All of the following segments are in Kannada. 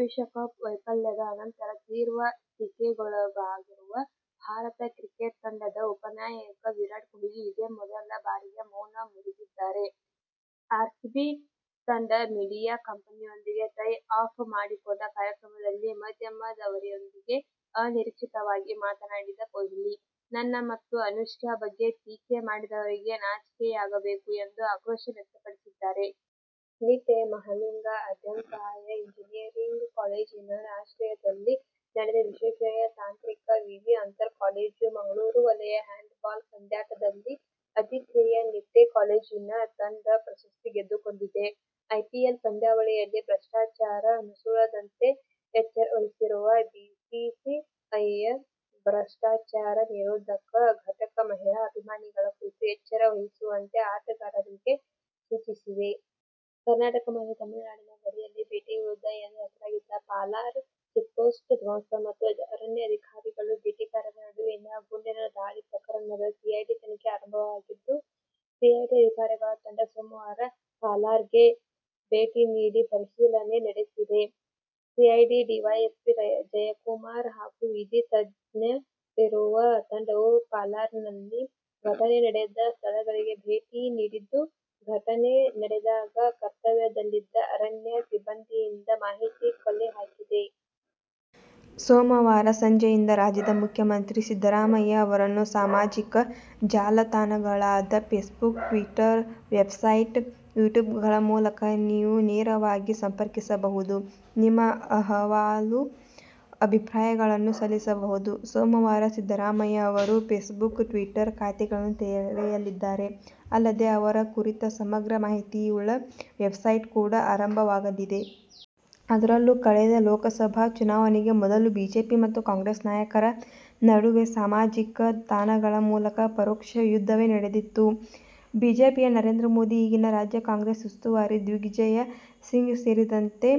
ವಿಶ್ವಕಪ್ ವೈಫಲ್ಯದ ಅನಂತರ ತೀವ್ರ ಟೀಕೆಗೊಳಗಾಗಿರುವ ಭಾರತ ಕ್ರಿಕೆಟ್ ತಂಡದ ಉಪನಾಯಕ ವಿರಾಟ್ ಕೊಹ್ಲಿ ಇದೇ ಮೊದಲ ಬಾರಿಗೆ ಮೌನ ಮುರಿದಿದ್ದಾರೆ. ಆರ್ಸಿಬಿ ತಂಡ ಮೀಡಿಯಾ ಕಂಪನಿಯೊಂದಿಗೆ ಟೈ ಅಪ್ ಮಾಡಿಕೊಂಡ ಕಾರ್ಯಕ್ರಮದಲ್ಲಿ ಮಾಧ್ಯಮದವರೊಂದಿಗೆ ಅನಿರೀಕ್ಷಿತವಾಗಿ ಮಾತನಾಡಿದ ಕೊಹ್ಲಿ, ನನ್ನ ಮತ್ತು ಅನುಷ್ಕಾ ಬಗ್ಗೆ ಟೀಕೆ ಮಾಡಿದವರಿಗೆ ನಾಚಿಕೆಯಾಗಬೇಕು ಎಂದು ಆಕ್ರೋಶ ವ್ಯಕ್ತಪಡಿಸಿದ್ದಾರೆ. ನಿಟ್ಟೆಯ ಮಹಾಲಿಂಗ ಅಡ್ಯಂತಾಯ ಎಂಜಿನಿಯರಿಂಗ್ ಕಾಲೇಜಿನ ಆಶ್ರಯದಲ್ಲಿ ನಡೆದ ವಿಶ್ವೇಶ್ವರಯ್ಯ ತಾಂತ್ರಿಕ ವಿವಿ ಅಂತರ್ ಕಾಲೇಜು ಮಂಗಳೂರು ವಲಯ ಹ್ಯಾಂಡ್ ಬಾಲ್ ಪಂದ್ಯಾಟದಲ್ಲಿ ಅತಿಥೇಯ ನಿಟ್ಟೆ ಕಾಲೇಜಿನ ತಂಡ ಪ್ರಶಸ್ತಿ ಗೆದ್ದುಕೊಂಡಿದೆ. ಐಪಿಎಲ್ ಪಂದ್ಯಾವಳಿಯಲ್ಲಿ "ಭ್ರಷ್ಟಾಚಾರ' ನುಸುಳದಂತೆ ಎಚ್ಚರ ವಹಿಸಿರುವ ಬಿಸಿಸಿಐಯ ಭ್ರಷ್ಟಾಚಾರನಿರೋಧಕ ಘಟಕ ಮಹಿಳಾ ಅಭಿಮಾನಿಗಳ ಕುರಿತು ಎಚ್ಚರ ವಹಿಸುವಂತೆ ಆಟಗಾರರಿಗೆ ಸೂಚಿಸಿದೆ. ಕರ್ನಾಟಕ ಮತ್ತು ತಮಿಳುನಾಡಿನ ಗಡಿಯಲ್ಲಿ ಬೇಟೆಯುದ್ದ ಎಂದು ಹೆಸರಾಗಿದ್ದ ಪಾಲಾರ್ ಚೆಕ್ಪೋಸ್ಟ್ ಧ್ವಂಸ ಮತ್ತು ಅರಣ್ಯಾಧಿಕಾರಿಗಳು, ಬೇಟೆಗಾರರ ನಡುವಿನ ಗುಂಡಿನ ದಾಳಿ ಪ್ರಕರಣದ ಸಿಐಡಿ ತನಿಖೆ ಆರಂಭವಾಗಿದ್ದು, ಸಿಐಡಿ ಅಧಿಕಾರಿಗಳ ತಂಡ ಸೋಮವಾರ ಪಾಲಾರ್ಗೆ ಭೇಟಿ ನೀಡಿ ಪರಿಶೀಲನೆ ನಡೆಸಿದೆ. ಸಿಐಡಿ ಡಿವೈಎಸ್ಪಿ ಜಯಕುಮಾರ್ ಹಾಗೂ ವಿಧಿ ತಜ್ಞರಿರುವ ತಂಡವು ಪಾಲಾರ್ನಲ್ಲಿ ಘಟನೆ ನಡೆದ ಸ್ಥಳಗಳಿಗೆ ಭೇಟಿ ನೀಡಿದ್ದು, ಘಟನೆ ನಡೆದಾಗ ಕರ್ತವ್ಯದಲ್ಲಿದ್ದ ಅರಣ್ಯ ಸಿಬ್ಬಂದಿಯಿಂದ ಮಾಹಿತಿ ಕಲೆ ಹಾಕಿದೆ. ಸೋಮವಾರ ಸಂಜೆಯಿಂದ ರಾಜ್ಯದ ಮುಖ್ಯಮಂತ್ರಿ ಸಿದ್ದರಾಮಯ್ಯ ಅವರನ್ನು ಸಾಮಾಜಿಕ ಜಾಲತಾಣಗಳಾದ ಫೇಸ್ಬುಕ್, ಟ್ವೀಟರ್, ವೆಬ್ಸೈಟ್, ಯುಟ್ಯೂಬ್ಗಳ ಮೂಲಕ ನೀವು ನೇರವಾಗಿ ಸಂಪರ್ಕಿಸಬಹುದು. ನಿಮ್ಮ ಅಹವಾಲು, ಅಭಿಪ್ರಾಯಗಳನ್ನೂ ಸಲ್ಲಿಸಬಹುದು. ಸೋಮವಾರ ಸಿದ್ದರಾಮಯ್ಯ ಅವರು ಫೇಸ್ಬುಕ್, ಟ್ವೀಟರ್ ಖಾತೆಗಳನ್ನು ತೆರೆಯಲಿದ್ದಾರೆ. ಅಲ್ಲದೆ, ಅವರ ಕುರಿತ ಸಮಗ್ರ ಮಾಹಿತಿಯುಳ್ಳ ವೆಬ್ಸೈಟ್ ಕೂಡ ಆರಂಭವಾಗಲಿದೆ. ಅದರಲ್ಲೂ ಕಳೆದ ಲೋಕಸಭಾ ಚುನಾವಣೆಗೆ ಮೊದಲು ಬಿಜೆಪಿ ಮತ್ತು ಕಾಂಗ್ರೆಸ್ ನಾಯಕರ ನಡುವೆ ಸಾಮಾಜಿಕ ತಾಣಗಳ ಮೂಲಕ ಪರೋಕ್ಷ ಯುದ್ಧವೇ ನಡೆದಿತ್ತು. ಬಿಜೆಪಿಯ ನರೇಂದ್ರ ಮೋದಿ, ಈಗಿನ ರಾಜ್ಯ ಕಾಂಗ್ರೆಸ್ ಉಸ್ತುವಾರಿ ದಿಗ್ವಿಜಯ್ ಸಿಂಗ್ ಸೇರಿದಂತೆ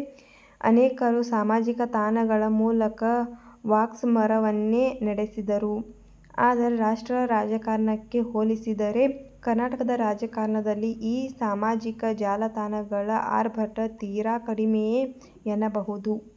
ಅನೇಕರು ಸಾಮಾಜಿಕ ತಾಣಗಳ ಮೂಲಕ ವಾಕ್ಸಮರವನ್ನೇ ನಡೆಸಿದ್ದರು. ಆದರೆ, ರಾಷ್ಟ್ರ ರಾಜಕಾರಣಕ್ಕೆ ಹೋಲಿಸಿದರೆ ಕರ್ನಾಟಕದ ರಾಜಕಾರಣದಲ್ಲಿ ಈ ಸಾಮಾಜಿಕ ಜಾಲ ತಾಣಗಳ ಆರ್ಭಟ ತೀರಾ ಕಡಿಮೆಯೇ ಎನ್ನಬಹುದು.